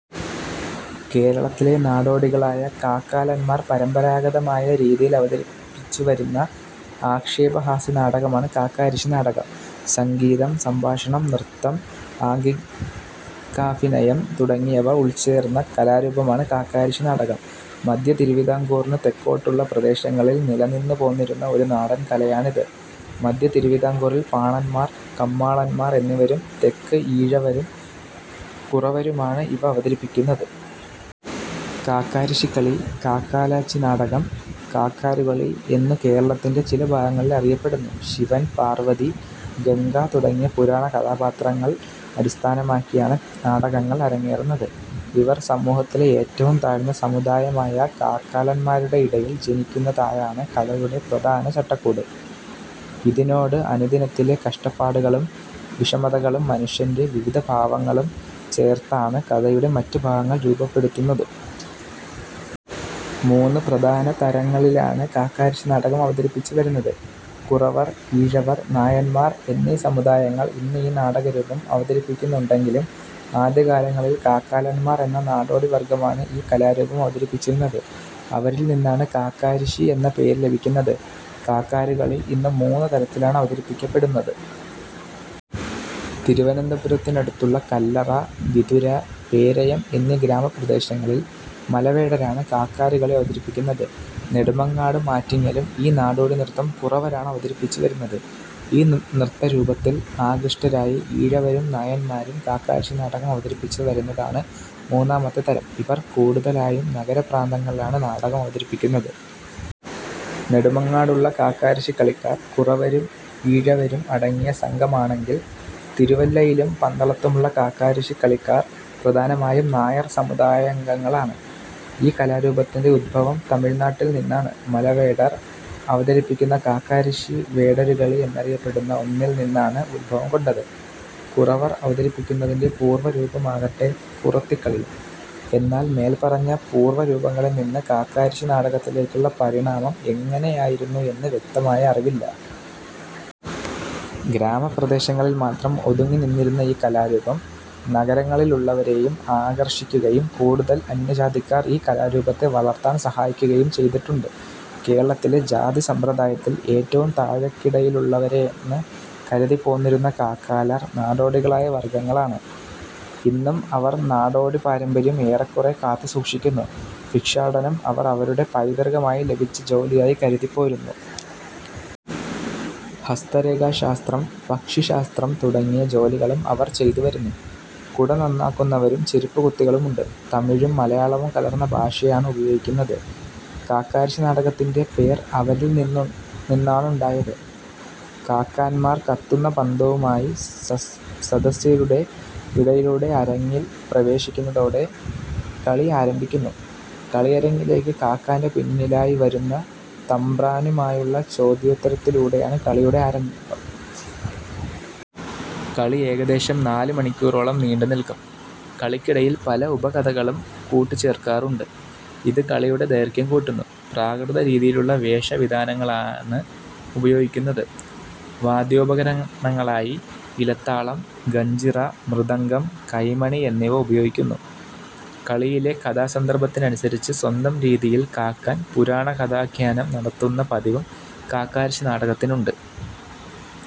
കേരളത്തിലെ നാടോടികളായ കാക്കാലന്മാർ പരമ്പരാഗതമായ രീതിയിൽ അവതരിപ്പിച്ചു വരുന്ന ആക്ഷേപഹാസ്യനാടകമാണ് കാക്കരിശ്ശിനാടകം. സംഗീതം, സംഭാഷണം, നൃത്തം, ആംഗികാഭിനയം തുടങ്ങിയവ ഉൾച്ചേർന്ന കലാരൂപമാണ് കാക്കാരിശ്ശി നാടകം. മധ്യതിരുവതാംകൂറിനു തെക്കോട്ടുള്ള പ്രദേശങ്ങളിൽ നിലനിന്നു പോന്നിരുന്ന ഒരു നാടൻ കലയാണിത്. മധ്യതിരുവതാംകൂറിൽ പാണന്മാർ, കമ്മാളന്മാർ എന്നിവരും, തെക്ക് ഈഴവരും കുറവരുമാണ് ഇവ അവതിരിപ്പിക്കുന്നത്. കാക്കാരിശ്ശികളി. കാക്കാലച്ചിനാടകം, കാക്കാരുകളി എന്നും കേരളത്തിൻറെ ചിലഭാഗങ്ങളിൽ അറിയപ്പെടുന്നു. ശിവൻ, പാർവതി, ഗംഗ തുടങ്ങിയ പുരാണ കഥാപാത്രങ്ങളള അടിസ്ഥാനമാക്കിയാണ് നാടകങ്ങൾ അരങ്ങേറുന്നത്. ഇവർ സമൂഹത്തിലെ ഏറ്റവും താഴ്ന്ന സമുദായമായ കാക്കാലന്മാരുടെ ഇടയിൽ ജനിക്കുന്നതായാണ് കഥയുടെ പ്രധാന ചട്ടക്കൂട്. ഇതിനോട് അനുദിനത്തിലെ കഷ്ടപ്പാടുകളും വിഷമതകളും മനുഷ്യന്റെ വിവിധഭാവങ്ങളും ചേർത്താണ് കഥയുടെ മറ്റു ഭാഗങ്ങൾ രൂപപ്പെടുത്തുന്നത്. മൂന്ന് പ്രധാന തരങ്ങളിലാണ് കാക്കരശ്ശി നാടകം അവതരിപ്പിച്ചു വരുന്നത്. കുറവർ, ഈഴവർ, നായന്മാർ എന്നീ സമുദായങ്ങൾ ഇന്ന് ഈ നാടകരൂപം അവതരിപ്പിക്കുന്നുണ്ടെങ്കിലും ആദ്യകാലങ്ങളിൽ കാക്കാലർ എന്ന നാടോടിവർഗ്ഗമാണ് ഈ കലാരൂപം അവതരിപ്പിച്ചിരുന്നത്. അവരിൽ നിന്നാണ് കാക്കാരിശ്ശി എന്ന പേരു ലഭിക്കുന്നത്. കാക്കാരുകളി ഇന്ന് മൂന്ന് തരത്തിലാണ് അവതരിപ്പിക്കപ്പെടുന്നത്. തിരുവനന്തപുരത്തിനടുത്തുള്ള കല്ലറ, വിതുര, പേരയം എന്നീ ഗ്രാമപ്രദേശങ്ങളിൽ മലവേടരാണ് കാക്കാരുകളി അവതരിപ്പിക്കുന്നത്. നെടുമങ്ങാടും ആറ്റിങ്ങലും ഈ നാടോടി നൃത്തം കുറവരാണ് അവതരിപ്പിച്ചു വരുന്നത്. ഈ നൃത്തരൂപത്തിൽ ആകൃഷ്ടരായി ഈഴവരും നായന്മാരും കാക്കാരിശ്ശി നാടകം അവതരിപ്പിച്ചു വരുന്നതാണ് മൂന്നാമത്തെ തരം. ഇവർ കൂടുതലായും നഗരപ്രാന്തങ്ങളിലാണ് നാടകം അവതരിപ്പിക്കുന്നത്. നെടുമങ്ങാടുള്ള കാക്കാരിശ്ശി കളിക്കാർ കുറവരും ഈഴവരും അടങ്ങിയ സംഘമാണെങ്കിൽ തിരുവല്ലയിലും പന്തളത്തുമുള്ള കാക്കാരിശ്ശികളിക്കാർ പ്രധാനമായും നായർ സമുദായാംഗങ്ങളാണ്. ഈ കലാരൂപത്തിന്റെ ഉത്ഭവം തമിഴ്നാട്ടിൽ നിന്നാണ്. മലവേടർ അവതരിപ്പിക്കുന്ന കാക്കാരിശ്ശി വേടരുകളി എന്നറിയപ്പെടുന്ന ഒന്നിൽ നിന്നാണ് ഉത്ഭവം കൊണ്ടത്. കുറവർ അവതരിപ്പിക്കുന്നതിന്റെ പൂർവ രൂപമാകടെ കുറത്തികളിയും. എന്നാൽ മേൽ പറഞ്ഞ പൂർവരൂപങ്ങളിൽ നിന്ന് കാക്കാരിശ്ശികളിയിലേക്കുള്ള പരിണാമ എങ്ങനെയായിരുന്നു എന്ന് വ്യക്തമായ അറിവില്ല. ഗ്രാമപ്രദേശങ്ങളിൽ മാത്രം ഒതുങ്ങി നിന്നിരുന്ന ഈ കലാരൂപം നഗരങ്ങളിലുള്ളവരേയും ആകർഷിക്കുകയും കൂടുതൽ അന്യജാതിക്കാർ ഈ കലാരൂപത്തെ വളർത്താൻ സഹായിക്കുകയും ചെയ്തിട്ടുണ്ട്. കേരളത്തിലെ ജാതിസമ്പ്രദായത്തിൽ ഏറ്റവും താഴെക്കിടയിലുള്ളവരെന്ന് കരുതിപ്പോന്നിരുന്ന കാക്കാലർ നാടോടികളായ വർഗ്ഗങ്ങളാണ്. ഇന്നും അവർ നാടോടി പാരമ്പര്യം ഏറെക്കുറെ കാത്തുസൂക്ഷിക്കുന്നു. ഭിക്ഷാടനം അവർ അവരുടെ പൈതൃകമായി ലഭിച്ച ജോലിയായി കരുതിപ്പോരുന്നു. ഹസ്തരേഖാശാസ്ത്രം, പക്ഷിശാസ്ത്രം തുടങ്ങിയ ജോലികളും അവർ ചെയ്തുവരുന്നു. കുട നന്നാക്കുന്നവരും ചെരുപ്പുകുത്തികളും ഉണ്ട്. തമിഴും മലയാളവും കലർന്ന ഭാഷയാണ് ഉപയോഗിക്കുന്നത്. കാക്കാരിശ്ശി നാടകത്തിന്റെ പേർ അവരിൽ നിന്നാണുണ്ടായത്. കാക്കാന്മാർ കത്തുന്ന പന്തവുമായി സദസ്യരുടെ ഇടയിലൂടെ അരങ്ങിൽ പ്രവേശിക്കുന്നതോടെ കളി ആരംഭിക്കുന്നു. കളിയരങ്ങിലേക്ക് കാക്കാന്റെ പിന്നിലായി വരുന്ന തബ്രാനുമായുള്ള ചൊദ്യോത്തരത്തിലൂടെയാണ് കളിയുടെ ആരംഭം. കളി ഏകദേശം നാലുമണിക്കൂറോളം നീണ്ടുനിൽക്കും. കളിക്കിടയിൽ പല ഉപകഥകളും കൂട്ടിചേർക്കാറുണ്ട്. ഇത് കളിയുടെ ദൈർഘ്യം കൂട്ടുന്നു. പ്രാകൃത രീതിയിലുള്ള വേഷവിധാനങ്ങളാണ് ഉപയോഗിക്കുന്നതു്. വാദ്യോപകരണങ്ങളായി ഇലത്താളം, ഗഞ്ചിറ, മൃദംഗം, കൈമണി എന്നിവ ഉപയോഗിക്കുന്നു. കളിയിലെ കഥാസന്ദർഭത്തിനനുസരിച്ച് സ്വന്തം രീതിയിൽ കാക്കാൻ പുരാണകഥാഖ്യാനം നടത്തുന്ന പതിവും കാക്കരിശ്ശി നാടകത്തിനുണ്ട്.